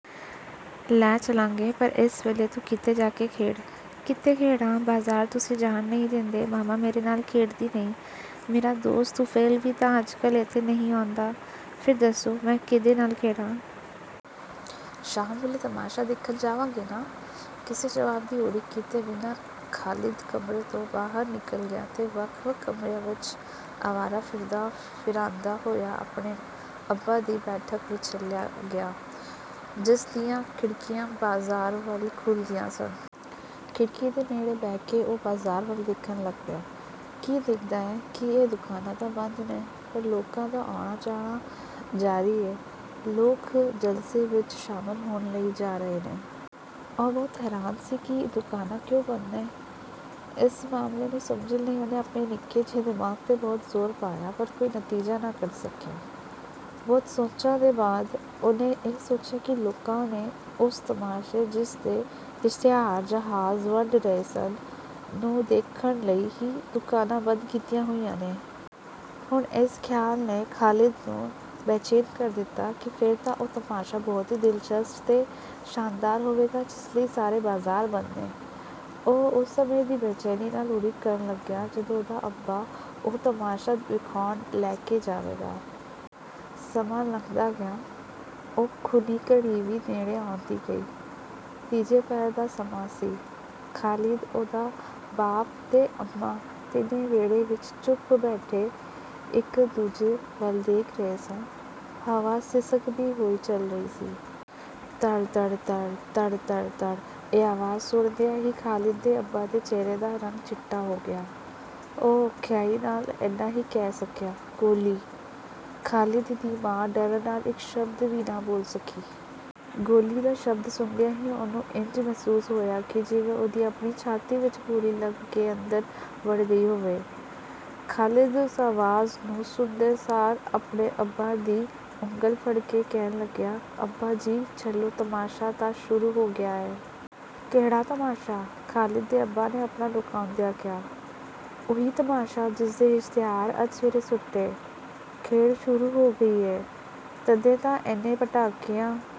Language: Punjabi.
ਲੈ ਚੱਲਾਂਗੇ ਪਰ ਏਸੇ ਵੇਲੇ ਤੂੰ ਕਿਤੇ ਜਾ ਕੇ ਖੇਡ। ਕਿੱਥੇ ਖੇਡਾਂ? ਬਾਜ਼ਾਰ ਤੁਸੀਂ ਜਾਣ ਨਹੀਂ ਦੇਂਦੇ ਮਾਮਾ ਮੇਰੇ ਨਾਲ ਖੇਡਦੀ ਨਹੀਂ। ਮੇਰਾ ਦੋਸਤ ਤੁਫੈਲ ਵੀ ਤਾਂ ਅੱਜਕੱਲ੍ਹ ਏਥੇ ਨਹੀਂ ਆਉਂਦਾ। ਫੇਰ ਦੱਸੋ ਮੈਂ ਕੀਹਦੇ ਨਾਲ ਖੇਡਾਂ। ਸ਼ਾਮ ਵੇਲੇ ਤਮਾਸ਼ਾ ਦੇਖਣ ਜਾਵਾਂਗੇ ਨਾ? ਕਿਸੇ ਜਵਾਬ ਦੀ ਉਡੀਕ ਕੀਤੇ ਬਿਨਾਂ ਖ਼ਾਲਿਦ ਕਮਰੇ ਤੋਂ ਬਾਹਰ ਨਿਕਲ ਗਿਆ ਤੇ ਵੱਖ ਵੱਖ ਕਮਰਿਆਂ ਵਿਚ ਆਵਾਰਾ ਫਿਰਦਾ ਫਿਰਾਂਦਾ ਹੋਇਆ ਆਪਣੇ ਅੱਬਾ ਦੀ ਬੈਠਕ ਵਿਚ ਚਲਿਆ ਗਿਆ ਜਿਸ ਦੀਆਂ ਖਿੜਕੀਆਂ ਬਾਜ਼ਾਰ ਵੱਲ ਖੁੱਲ੍ਹਦੀਆਂ ਸਨ। ਖਿੜਕੀ ਦੇ ਨੇੜੇ ਬਹਿ ਕੇ ਉਹ ਬਾਜ਼ਾਰ ਵੱਲ ਦੇਖਣ ਲੱਗ ਪਿਆ। ਕੀ ਦੇਖਦਾ ਏ ਕਿ ਇਹ ਦੁਕਾਨਾਂ ਤਾਂ ਬੰਦ ਨੇ ਪਰ ਲੋਕਾਂ ਦਾ ਆਉਣਾ ਜਾਣਾ ਜਾਰੀ ਏ। ਲੋਕ ਜਲਸੇ ਵਿਚ ਸ਼ਾਮਲ ਹੋਣ ਲਈ ਜਾ ਰਹੇ ਨੇ। ਉਹ ਬਹੁਤ ਹੈਰਾਨ ਸੀ ਕਿ ਦੁਕਾਨਾਂ ਕਿਉਂ ਬੰਦ ਨੇ। ਏਸ ਮਸਲੇ ਨੂੰ ਸਮਝਣ ਲਈ ਉਹਨੇ ਆਪਣੇ ਨਿੱਕੇ ਜਿਹੇ ਦਿਮਾਗ਼ ਤੇ ਬਹੁਤ ਜ਼ੋਰ ਪਾਇਆ ਪਰ ਕੋਈ ਨਤੀਜਾ ਨਾ ਕੱਢ ਸਕਿਆ। ਬਹੁਤ ਸੋਚਾਂ ਦੇ ਬਾਅਦ ਉਹਨੇ ਇਹ ਸੋਚਿਆ ਕਿ ਲੋਕਾਂ ਨੇ ਓਸ ਤਮਾਸ਼ੇ ਜਿਸ ਦੇ ਇਸ਼ਤਿਹਾਰ ਜਹਾਜ਼ ਵੰਡ ਰਹੇ ਸਨ ਨੂੰ ਦੇਖਣ ਲਈ ਹੀ ਦੁਕਾਨਾਂ ਬੰਦ ਕੀਤੀਆਂ ਹੋਈਆਂ ਨੇ। ਹੁਣ ਏਸ ਖਿਆਲ ਨੇ ਖ਼ਾਲਿਦ ਨੂੰ ਬੇਚੈਨ ਕਰ ਦਿੱਤਾ ਕਿ ਫੇਰ ਤਾਂ ਉਹ ਤਮਾਸ਼ਾ ਬਹੁਤ ਹੀ ਦਿਲਚਸਪ ਤੇ ਸ਼ਾਨਦਾਰ ਹੋਵੇਗਾ ਜਿਸ ਲਈ ਸਾਰੇ ਬਾਜ਼ਾਰ ਬੰਦ ਨੇ। ਉਹ ਓਸ ਸਮੇਂ ਦੀ ਬੇਚੈਨੀ ਨਾਲ ਉਡੀਕ ਕਰਨ ਲੱਗਿਆ ਜਦੋਂ ਉਹਦਾ ਅੱਬਾ ਉਹ ਤਮਾਸ਼ਾ ਵਿਖਾਉਣ ਲੈ ਕੇ ਜਾਵੇਗਾ। ਸਮਾਂ ਲੰਘਦਾ ਗਿਆ। ਉਹ ਖ਼ੂਨੀ ਘੜੀ ਵੀ ਨੇੜੇ ਆਉਂਦੀ ਗਈ। ਤੀਜੇ ਪਹਿਰ ਦਾ ਸਮਾਂ ਸੀ। ਖ਼ਾਲਿਦ ਉਹਦਾ ਬਾਪ ਤੇ ਅੰਮਾ ਤਿੰਨੇ ਵਿਹੜੇ ਵਿਚ ਚੁੱਪ ਬੈਠੇ ਇਕ ਦੂਜੇ ਵੱਲ ਦੇਖ ਰਹੇ ਸਨ। ਹਵਾ ਸਿਸਕਦੀ ਹੋਈ ਚੱਲ ਰਹੀ ਸੀ। ਤੜ ਤੜ ਤੜ। ਤੜ ਤੜ ਤੜ। ਇਹ ਆਵਾਜ਼ ਸੁਣਦਿਆਂ ਈ ਖ਼ਾਲਿਦ ਦੇ ਅੱਬਾ ਦੇ ਚਿਹਰੇ ਦਾ ਰੰਗ ਚਿੱਟਾ ਹੋ ਗਿਆ। ਉਹ ਔਖਿਆਈ ਨਾਲ ਏਨਾ ਹੀ ਕਹਿ ਸਕਿਆ ਗੋਲੀ। ਖ਼ਾਲਿਦ ਦੀ ਮਾਂ ਡਰ ਨਾਲ ਇਕ ਸ਼ਬਦ ਵੀ ਨਾ ਬੋਲ ਸਕੀ। ਗੋਲੀ ਦਾ ਸ਼ਬਦ ਸੁਣਦਿਆਂ ਈ ਉਹਨੂੰ ਇੰਜ ਮਹਿਸੂਸ ਹੋਇਆ ਕਿ ਜਿਵੇਂ ਉਹਦੀ ਆਪਣੀ ਛਾਤੀ ਵਿਚ ਗੋਲੀ ਲੱਗ ਕੇ ਅੰਦਰ ਵੜ ਗਈ ਹੋਵੇ। ਖ਼ਾਲਿਦ ਓਸ ਆਵਾਜ਼ ਨੂੰ ਸੁਣਦੇ ਸਾਰ ਆਪਣੇ ਅੱਬਾ ਦੀ ਉਂਗਲ ਫੜ ਕੇ ਕਹਿਣ ਲੱਗਿਆ ਅੱਬਾ ਜੀ ਚਲੋ ਤਮਾਸ਼ਾ ਤਾਂ ਸ਼ੁਰੂ ਹੋ ਗਿਆ ਏ। ਕਿਹੜਾ ਤਮਾਸ਼ਾ? ਖ਼ਾਲਿਦ ਦੇ ਅੱਬਾ ਨੇ ਆਪਣਾ ਲੁਕਾਉਂਦਿਆਂ ਕਿਹਾ। "ਉਹੀ ਤਮਾਸ਼ਾ, ਜਿਸ ਦੇ ਇਸ਼ਤਿਹਾਰ ਅੱਜ ਸਵੇਰੇ ਸੁੱਟੇ। ਖੇਡ ਸ਼ੁਰੂ ਹੋ ਗਈ ਏ, ਤੱਦੇ ਤਾਂ ਏਨੇ ਪਟਾਕਿਆਂ